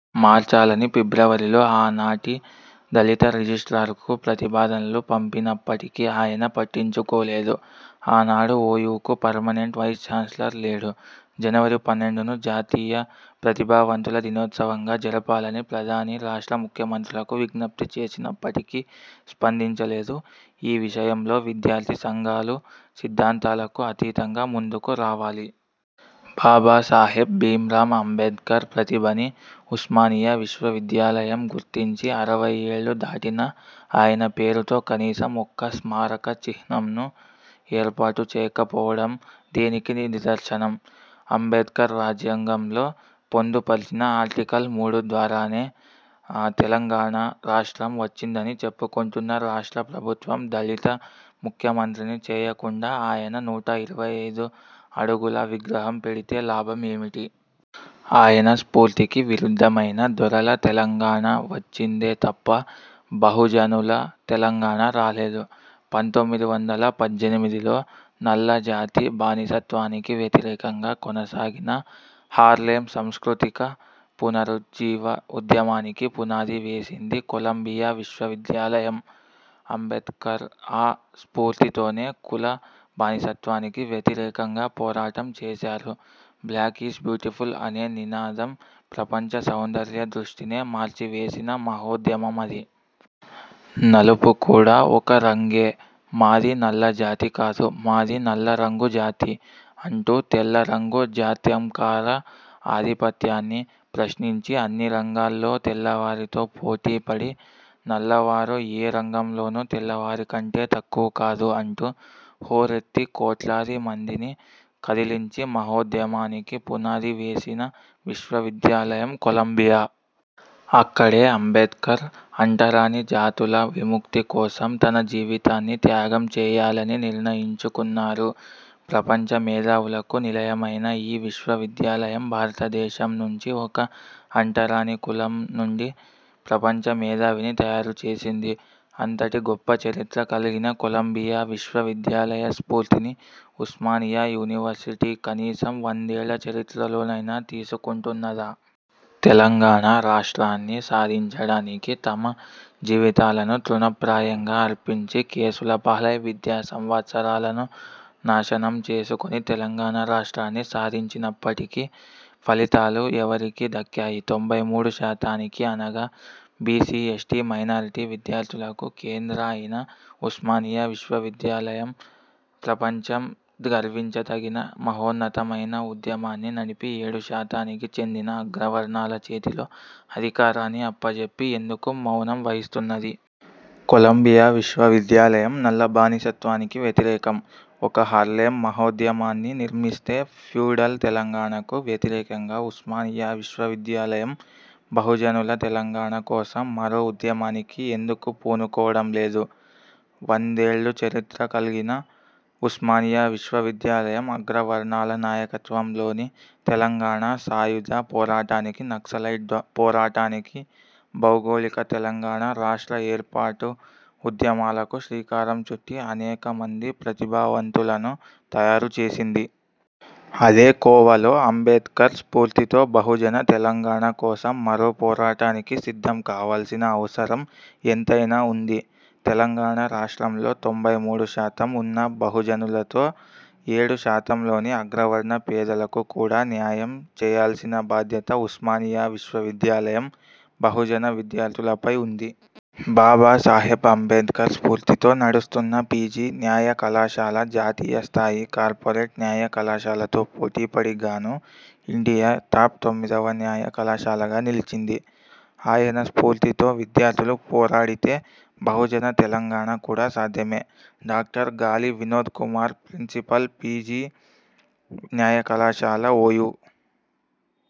మార్చాలని ఫిబ్రవరిలో ఆనాటి దళిత రిజిస్ట్రార్కు ప్రతిపాదనలు పంపినప్పటికీ ఆయన పట్టించుకోలేదు. ఆనాడు ఓయూకు పర్మినెంట్ వైస్ ఛాన్స్లర్ లేడు. జనవరి పన్నెండు ను, జాతీయ ప్రతిభావంతుల దినోత్సవంగా జరపాలని ప్రధాని, రాష్ట్ర ముఖ్యమంత్రులకు విజ్ఞప్తి చేసినప్పటికీ స్పందించలేదు. ఈ విషయంలో విద్యార్థి సంఘాలు సిద్ధాంతాలకు అతీతంగా ముందుకు రావాలి. బాబాసాహెబ్ భీంరామ్ అంబేడ్కర్ ప్రతిభని ఉస్మానియా విశ్వ విద్యాలయం గుర్తించి అరవై ఏళ్ళు దాటినా ఆయన పేరుతో కనీసం ఒక్క స్మారక చిహ్నంను ఏర్పాటు చేయకపోవడం దేనికి నిదర్శనం? అంబేడ్కర్ రాజ్యాంగంలో పొందుపర్చిన 'ఆర్టికల్ మూడు ద్వారానే తెలంగాణ రాష్ట్రం వచ్చిందని చెప్పుకుంటున్న రాష్ట్ర ప్రభుత్వం దళిత ముఖ్యమంత్రిని చేయకుండా ఆయన నూట ఇరవై అయిదు అడుగుల విగ్రహం పెడితే లాభం ఏమిటి? ఆయన స్ఫూర్తికి విరుద్ధమైన దొరల తెలంగాణ వచ్చిందే తప్పా బహుజనుల తెలంగాణ రాలేదు. పంతొమ్మి వందల పద్దెనిమిడి లో నల్లజాతి బానిసత్వానికి వ్యతిరేకంగా కొనసాగిన హార్లేమ్ సాంస్కృతిక పునరుజ్జీవ ఉద్యమానికి పునాది వేసింది కొలంబియా విశ్వవిద్యాలయం. అంబేడ్కర్ ఆ స్ఫూర్తితోనే కుల బానిసత్వానికి వ్యతిరేకంగా పోరాటం చేసారు. బ్లాక్ ఈజ్ బ్యూటిఫుల్ అనే నినాదం ప్రపంచ సౌందర్య దృష్టినే మార్చివేసిన మహోద్యమం అది. నలుపు కూడా ఒక రంగే మాది నల్లజాతి కాదు మాది నల్లరంగు జాతి అంటూ తెల్లరంగు జాత్యంకార ఆధిపత్యాన్ని ప్రశ్నించి అన్ని రంగాల్లో తెల్లవారితో పోటీ పడి నల్లవారు ఏ రంగంలోనూ తెల్లవారికంటే తక్కువ కాదు అంటూ హోరెత్తి కోట్లాది మందిని కదిలించి మహోద్యమానికి పునాది వేసిన విశ్వ విద్యాలయం కొలంబియా. అక్కడే అంబేడ్కర్ అంటరాని జాతుల విముక్తి కోసం తన జీవితాన్ని త్యాగం చేయాలని నిర్ణయించుకున్నారు. ప్రపంచ మేధావులకు నిలయమైన ఈ విశ్వవిద్యాలయం భారతదేశం నుంచి ఒక అంటరాని కులం నుండి ప్రపంచ మేధావిని తయారుచేసింది. అంతటి గొప్పచరిత్ర కల్గిన కొలంబియా విశ్వ విద్యాలయ స్ఫూర్తిని ఉస్మానియా వర్సిటీ కనీసం వందేళ్ళ చరిత్రలోనైనా తీసుకుంటున్నదా? తెలంగాణ రాష్ట్రాన్ని సాధించడానికి తమ జీవితాలను తృణ ప్రాయంగా అర్పించి కేసులపాలై విద్యా సంవత్సరాలను నాశనం చేసుకొని తెలంగాణ రాష్ట్రాన్ని సాధించినప్పటికి ఫలితాలు ఎవరికి దక్కాయి? తొంభై మూడు శాతానికి అనగా బీసీ ఎస్టీ మైనార్టీ విద్యార్థులకు కేంద్ర అయిన ఉస్మానియా విశ్వ విద్యాలయం ప్రపంచం గర్వించతగిన మహోన్నతమైన ఉద్యమాన్ని నడిపి ఏడు శాతానికి చెందిన అగ్రవర్ణాల చేతిలో అధికారాన్ని అప్పజెప్పి ఎందుకు మౌనం వహిస్తున్నది? కొలంబియా విశ్వవిద్యాలయం నల్లబానిసత్వానికి వ్యతిరేకం ఒక హర్లేమ్ మహోద్యమాన్ని నిర్మిస్తే ఫ్యూడల్ తెలంగాణకు వ్యతిరేకంగా ఉస్మానియా విశ్వ విద్యాలయం బహుజనుల తెలంగాణ కోసం మరో ఉద్యమానికి ఎందుకు పూనుకోవడం లేదు? వందేళ్ళ చరిత్ర కల్గిన ఉస్మానియా విశ్వ విద్యాలయం అగ్రవర్ణాల నాయకత్వంలోని తెలంగాణ సాయుధ పోరాటానికి, నక్సలైట్ పోరాటానికి, భౌగోళిక తెలంగాణ రాష్ట్ర ఏర్పాటు ఉద్యమాలకు శ్రీకారం చుట్టి, అనేక మంది ప్రతిభావంతులను తయారు చేసింది. అదే కోవలో అంబేడ్కర్ స్ఫూర్తితో బహుజన తెలంగాణ కోసం మరో పోరాటానికి సిద్ధం కావాల్సిన అవసరం ఎంతైనా ఉంది. తెలంగాణ రాష్ట్రంలో తొంబై మూడు శాతం ఉన్న బహుజనులతో ఏడు శాతంలోని అగ్రవర్ణ పేదలకు కూడా న్యాయం చేయాల్సిన బాధ్యత ఉస్మానియా విశ్వవిద్యాలయం బహుజన విద్యార్థులపై ఉంది. బాబాసాహెబ్ అంబేడ్కర్ స్ఫూర్తితో నడుస్తున్న పీజీ న్యాయకళాశాల, జాతీయస్థాయి కార్పొరేట్ న్యాయ కళాశాలతో పోటీపడి గాను ఇండియా టాప్ తొమ్మిది వ న్యాయ కళాశాలగా నిలిచింది. ఆయన స్ఫూర్తితో విద్యార్థులు పోరాడితే బహుజన తెలంగాణ కూడా సాధ్యమే. డాక్టర్ గాలి వినోద్ కుమార్ప్రిన్సిపాల్, పీజీ న్యాయకళాశాల, ఓయూ।